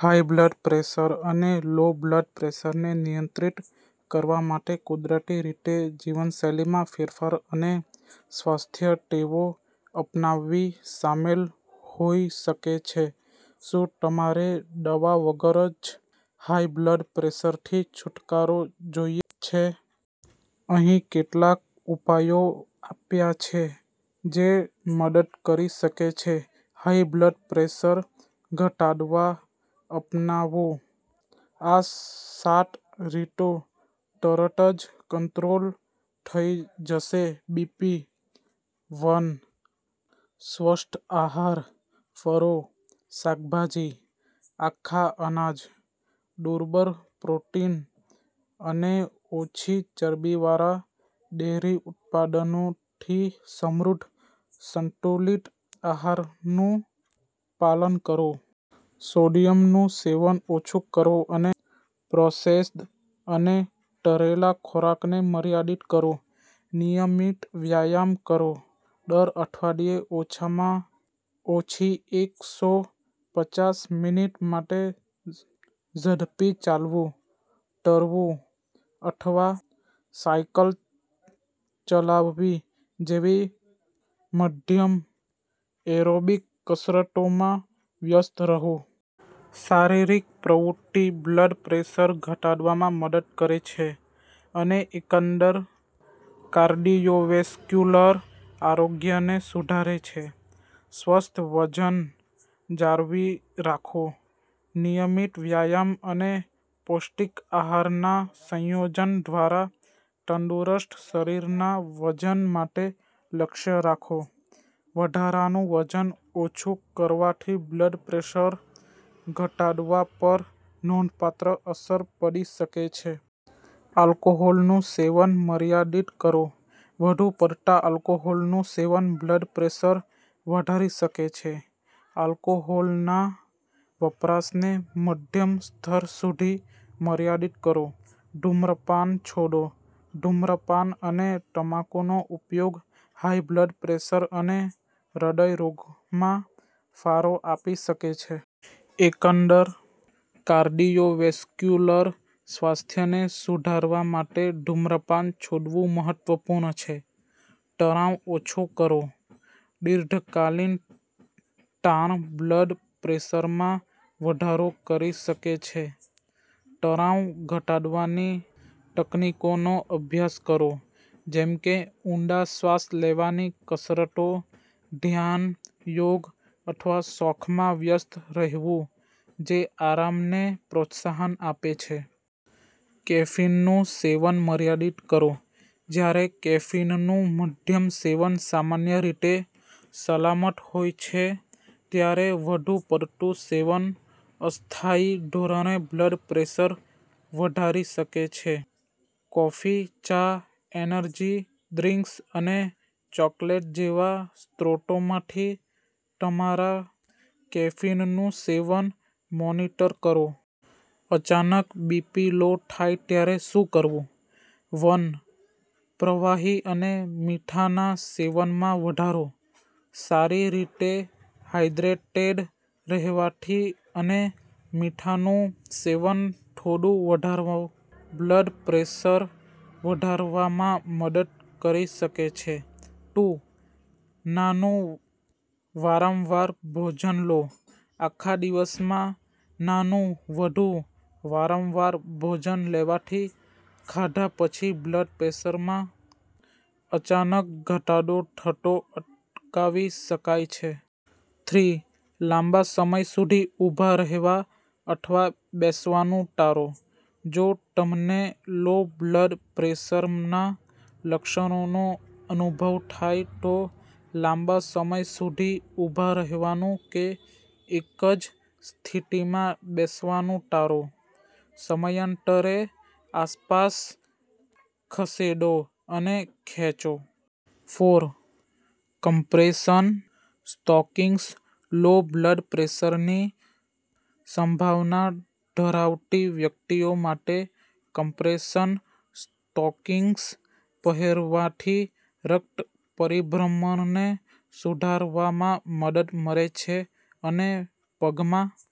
High blood pressure અને low blood pressure ને નિયંત્રિત કરવા માટે કુદરતી રીતે જીવનશૈલીમાં ફેરફાર અને સ્વસ્થ ટેવો અપનાવવી સામેલ હોઈ શકે છે. શું તમારે દવા વગર જ હાઈ બ્લડ પ્રેશરથી છૂટકારો જોઈએ છે? અહીં કેટલાક ઉપાયો આપ્યા છે જે મદદ કરી શકે છે: હાઈ બ્લડ પ્રેશર ઘટાડવા અપનાવો આ સાત રીતો, તરત જ કંટ્રોલ થઈ જશે બીપી. વન. સ્વસ્થ આહાર: ફળો, શાકભાજી, આખા અનાજ, દુર્બળ પ્રોટીન અને ઓછી ચરબીવાળા ડેરી ઉત્પાદનોથી સમૃદ્ધ સંતુલિત આહારનું પાલન કરો. સોડિયમ નું સેવન ઓછું કરો અને પ્રોસેસ્ડ અને તળેલા ખોરાકને મર્યાદિત કરો. નિયમિત વ્યાયામ કરો: દર અઠવાડિયે ઓછામાં ઓછી એક સો પચાસ મિનિટ માટે ઝડપી ચાલવું, તરવું અથવા સાયકલ ચલાવવી જેવી મધ્યમ એરોબિક કસરતોમાં વ્યસ્ત રહો. શારીરિક પ્રવૃત્તિ બ્લડ પ્રેશર ઘટાડવામાં મદદ કરે છે અને એકંદર કાર્ડિયોવેસ્ક્યુલર આરોગ્યને સુધારે છે. સ્વસ્થ વજન જાળવી રાખો: નિયમિત વ્યાયામ અને પૌષ્ટિક આહારના સંયોજન દ્વારા તંદુરસ્ત શરીરના વજન માટે લક્ષ્ય રાખો. વધારાનું વજન ઓછું કરવાથી બ્લડ પ્રેશર ઘટાડવા પર નોંધપાત્ર અસર પડી શકે છે. આલ્કોહોલનું સેવન મર્યાદિત કરો: વધુ પડતા આલ્કોહોલનું સેવન બ્લડ પ્રેશર વધારી શકે છે. આલ્કોહોલના વપરાશને મધ્યમ સ્તર સુધી મર્યાદિત કરો. ધૂમ્રપાન છોડો: ધૂમ્રપાન અને તમાકુનો ઉપયોગ હાઈ બ્લડ પ્રેશર અને હૃદય રોગમાં ફાળો આપી શકે છે. એકંદર કાર્ડિયોવેસ્ક્યુલર સ્વાસ્થ્યને સુધારવા માટે ધૂમ્રપાન છોડવું મહત્વપૂર્ણ છે. તણાવ ઓછો કરો: દીર્ઘકાલીન તાણ બ્લડ પ્રેશરમાં વધારો કરી શકે છે. તણાવ-ઘટાડવાની તકનીકોનો અભ્યાસ કરો જેમ કે ઊંડા શ્વાસ લેવાની કસરતો, ધ્યાન, યોગ અથવા શોખમાં વ્યસ્ત રહેવું જે આરામને પ્રોત્સાહન આપે છે. કેફીનનું સેવન મર્યાદિત કરો: જ્યારે કેફીનનું મધ્યમ સેવન સામાન્ય રીતે સલામત હોય છે, ત્યારે વધુ પડતું સેવન અસ્થાયી ધોરણે બ્લડ પ્રેશર વધારી શકે છે. કોફી, ચા, એનર્જી ડ્રિંક્સ અને ચોકલેટ જેવા સ્ત્રોતોમાંથી તમારા કેફીનનું સેવન મોનિટર કરો. અચાનક બીપી લો થાય ત્યારે શું કરવું? વન. પ્રવાહી અને મીઠાના સેવનમાં વધારો: સારી રીતે હાઇડ્રેટેડ રહેવાથી અને મીઠાનું સેવન થોડું વધારવું બ્લડ પ્રેશર વધારવામાં મદદ કરી શકે છે. ટુ. નાનું, વારંવાર ભોજન લો: આખા દિવસમાં નાનું, વધુ વારંવાર ભોજન લેવાથી ખાધા પછી બ્લડ પ્રેશરમાં અચાનક ઘટાડો થતો અટકાવી શકાય છે. થ્રી. લાંબા સમય સુધી ઊભા રહેવા અથવા બેસવાનું ટાળો: જો તમને લો બ્લડ પ્રેશરનાં લક્ષણોનો અનુભવ થાય, તો લાંબા સમય સુધી ઊભા રહેવાનું કે એક જ સ્થિતિમાં બેસવાનું ટાળો. સમયાંતરે આસપાસ ખસેડો અને ખેંચો. Four. Compression stockings: low blood પ્રેશરની સંભાવના ધરાવતી વ્યક્તિઓ માટે, કમ્પ્રેશન સ્ટોકિંગ્સ પહેરવાથી રક્ત પરિભ્રમણને સુધારવામાં મદદ મળે છે અને પગમાં